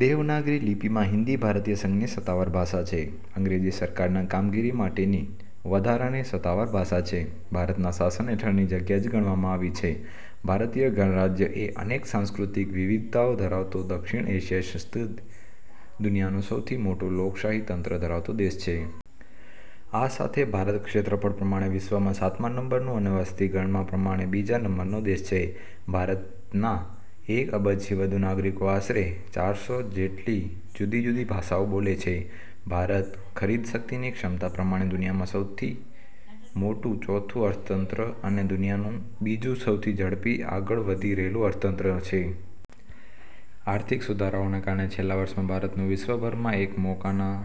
દેવનાગરી લિપિમાં હિન્દી ભારતીય સંઘની સત્તાવાર ભાષા છે. અંગ્રેજી સરકારના કામગીરી માટેની વધારાની સત્તાવાર ભાષા છે. ભારતના શાસન હેઠળની જગ્યા જ ગણવામાં આવી છે. ભારતીય ગણરાજ્ય એ અનેક સાંસ્કૃતિક વિવિધતાઓ ધરાવતો દક્ષિણ એશિયા સ્થિત દુનિયાનો સૌથી મોટું લોકશાહી તંત્ર ધરાવતો દેશ છે. આ સાથે ભારત ક્ષેત્રફળ પ્રમાણે વિશ્વમાં સાતમા નંબરનો અને વસ્તી ગણના પ્રમાણે બીજા નંબરનો દેશ છે. ભારતના એક અબજથી વધુ નાગરિકો આશરે ચારસો જેટલી જુદી-જુદી ભાષાઓ બોલે છે. ભારત, ખરીદશક્તિની ક્ષમતા પ્રમાણે દુનિયાનું ચોથું સૌથી મોટું અર્થતંત્ર, અને દુનિયાનું બીજું સૌથી ઝડપથી આગળ વધી રહેલું અર્થતંત્ર છે. આર્થિક સુધારાઓને કારણે છેલ્લા વર્ષમાં ભારતનું વિશ્વભરમાં એક મોકાના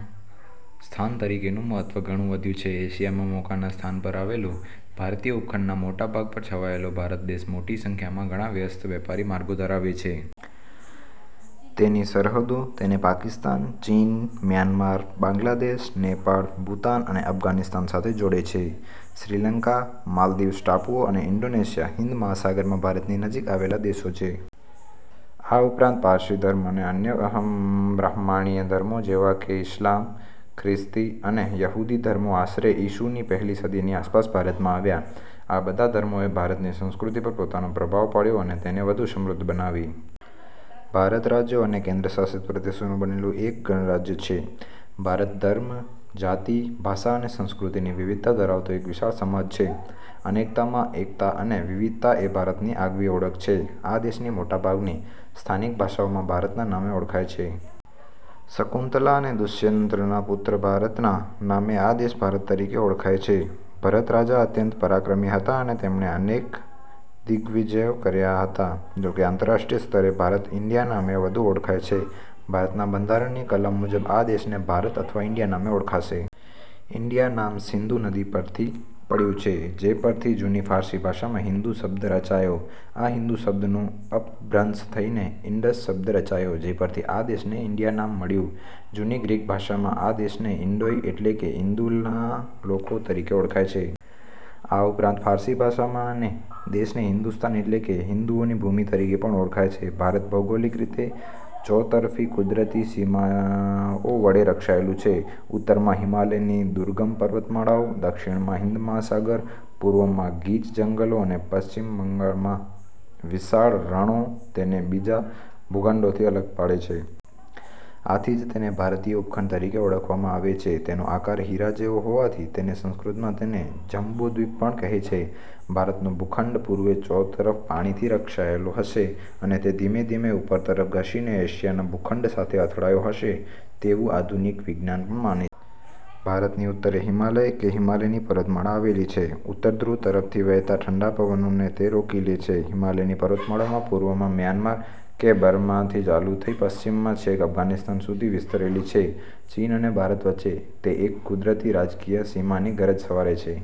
સ્થાન તરીકેનું મહત્વ ઘણું વધ્યું છે. એશિયામાં મોકાના સ્થાન પર આવેલો, ભારતીય ઉપખંડના મોટા ભાગ પર છવાયેલો, ભારત દેશ મોટી સંખ્યામાં ઘણા વ્યસ્ત વેપારી માર્ગો ધરાવે છે. તેની સરહદો તેને પાકિસ્તાન, ચીન, મ્યાનમાર, બાંગ્લાદેશ, નેપાળ, ભૂતાન, અને અફઘાનિસ્તાન સાથે જોડે છે. શ્રીલંકા, માલદીવ્સ ટાપુઓ અને ઇન્ડોનેશિયા, હિંદ મહાસાગરમાં ભારતની નજીક આવેલા દેશો છે. આ ઉપરાંત પારસી ધર્મ અને અન્ય અબ્રાહ્મણીય ધર્મો જેવાં કે ઇસ્લામ, ખ્રિસ્તી, અને યહૂદી ધર્મો આશરે ઇસુની પહેલી સદીની આસપાસ ભારતમાં આવ્યા. આ બધા ધર્મોએ ભારતની સંસ્કૃતિ પર પોતાનો પ્રભાવ પાડ્યો અને તેને વધુ સમૃદ્ધ બનાવી. ભારત રાજ્યો અને કેન્દ્રશાસિત પ્રદેશોનું બનેલું એક ગણરાજ્ય છે. ભારત ધર્મ, જાતિ, ભાષા અને સંસ્કૃતિની વિવિધતા ધરાવતો એક વિશાળ સમાજ છે. 'અનેકતામાં એકતા' અને વિવિધતા એ ભારતની આગવી ઓળખ છે. આ દેશની મોટાભાગની સ્થાનિકભાષાઓમાં ભારતના નામે ઓળખાય છે. શકુંતલા અને દુષ્યંતના પુત્ર ભરતના નામે આ દેશ ભારત તરીકે ઓળખાય છે. ભરત રાજા અત્યંત પરાક્રમી હતાં અને તેમણે અનેક દિગ્વિજયો કર્યા હતાં. જોકે આંતરાષ્ટ્રીય સ્તરે ભારત 'ઇન્ડિયા'ના નામે વધુ ઓળખાય છે. ભારતનાં બંધારણની કલમ મુજબ આ દેશને 'ભારત' અથવા 'ઇન્ડિયા' નામે ઓળખાશે. ઇન્ડિયા નામ 'સિંધુ' નદી પરથી પડ્યું છે, જે પરથી જૂની ફારસી ભાષામાં "હિન્દુ" શબ્દ રચાયો. આ હિન્દુ શબ્દનું અપભ્રંશ થઇને 'ઇન્ડસ' શબ્દ રચાયો, જે પરથી આ દેશને 'ઇન્ડિયા' નામ મળ્યું. જૂની ગ્રીક ભાષામાં આ દેશને 'ઇન્દોઇ' એટલે કે 'ઇન્દુના લોકો' તરીકે ઓળખાય છે. આ ઉપરાંત ફારસી ભાષામાં આ દેશને 'હિન્દુસ્તાન' એટલે કે 'હિન્દુઓની ભૂમિ' તરીકે પણ ઓળખાય છે. ભારત ભૌગોલિક રીતે ચોતરફથી કુદરતી સીમાઓ વડે રક્ષાયેલું છે. ઉત્તરમાં હિમાલયની દુર્ગમ પર્વતમાળાઓ, દક્ષિણમાં હિંદ મહાસાગર, પૂર્વમાં ગીચ જંગલો અને પશ્ચિમમાં વિશાળ રણો તેને બીજા ભૂખંડોથી અલગ પાડે છે. આથી જ તેને ભારતીય ઉપખંડ તરીકે ઓળખવામાં આવે છે. તેનો આકાર હીરા જેવો હોવાથી તેને સંસ્કૃતમાં તેને જંબુદ્વિપ પણ કહે છે. ભારતનો ભૂખંડ પૂર્વે ચોતરફ પાણી થી રક્ષાયેલો હશે અને તે ધીમે ધીમે ઉપર તરફ ધસીને એશિયાના ભૂખંડ સાથે અથડાયો હશે તેવું આધુનિક વિજ્ઞાન પણ માને છે. ભારતની ઉત્તરે હિમાચલ કે હિમાલયની પર્વતમાળ આવેલી છે. ઉત્તર ધ્રુવ તરફથી વહેતા ઠંડા પવનોને તે રોકી લે છે. હિમાલયની પર્વતમાળા પૂર્વમાં મ્યાનમાર કે બર્માથી ચાલુ થઇ પશ્ચિમમાં છેક અફઘાનિસ્તાન સુધી વિસ્તરેલી છે. ચીન અને ભારત વચ્ચે તે એક કુદરતી રાજકીય સીમાની ગરજ સારે છે.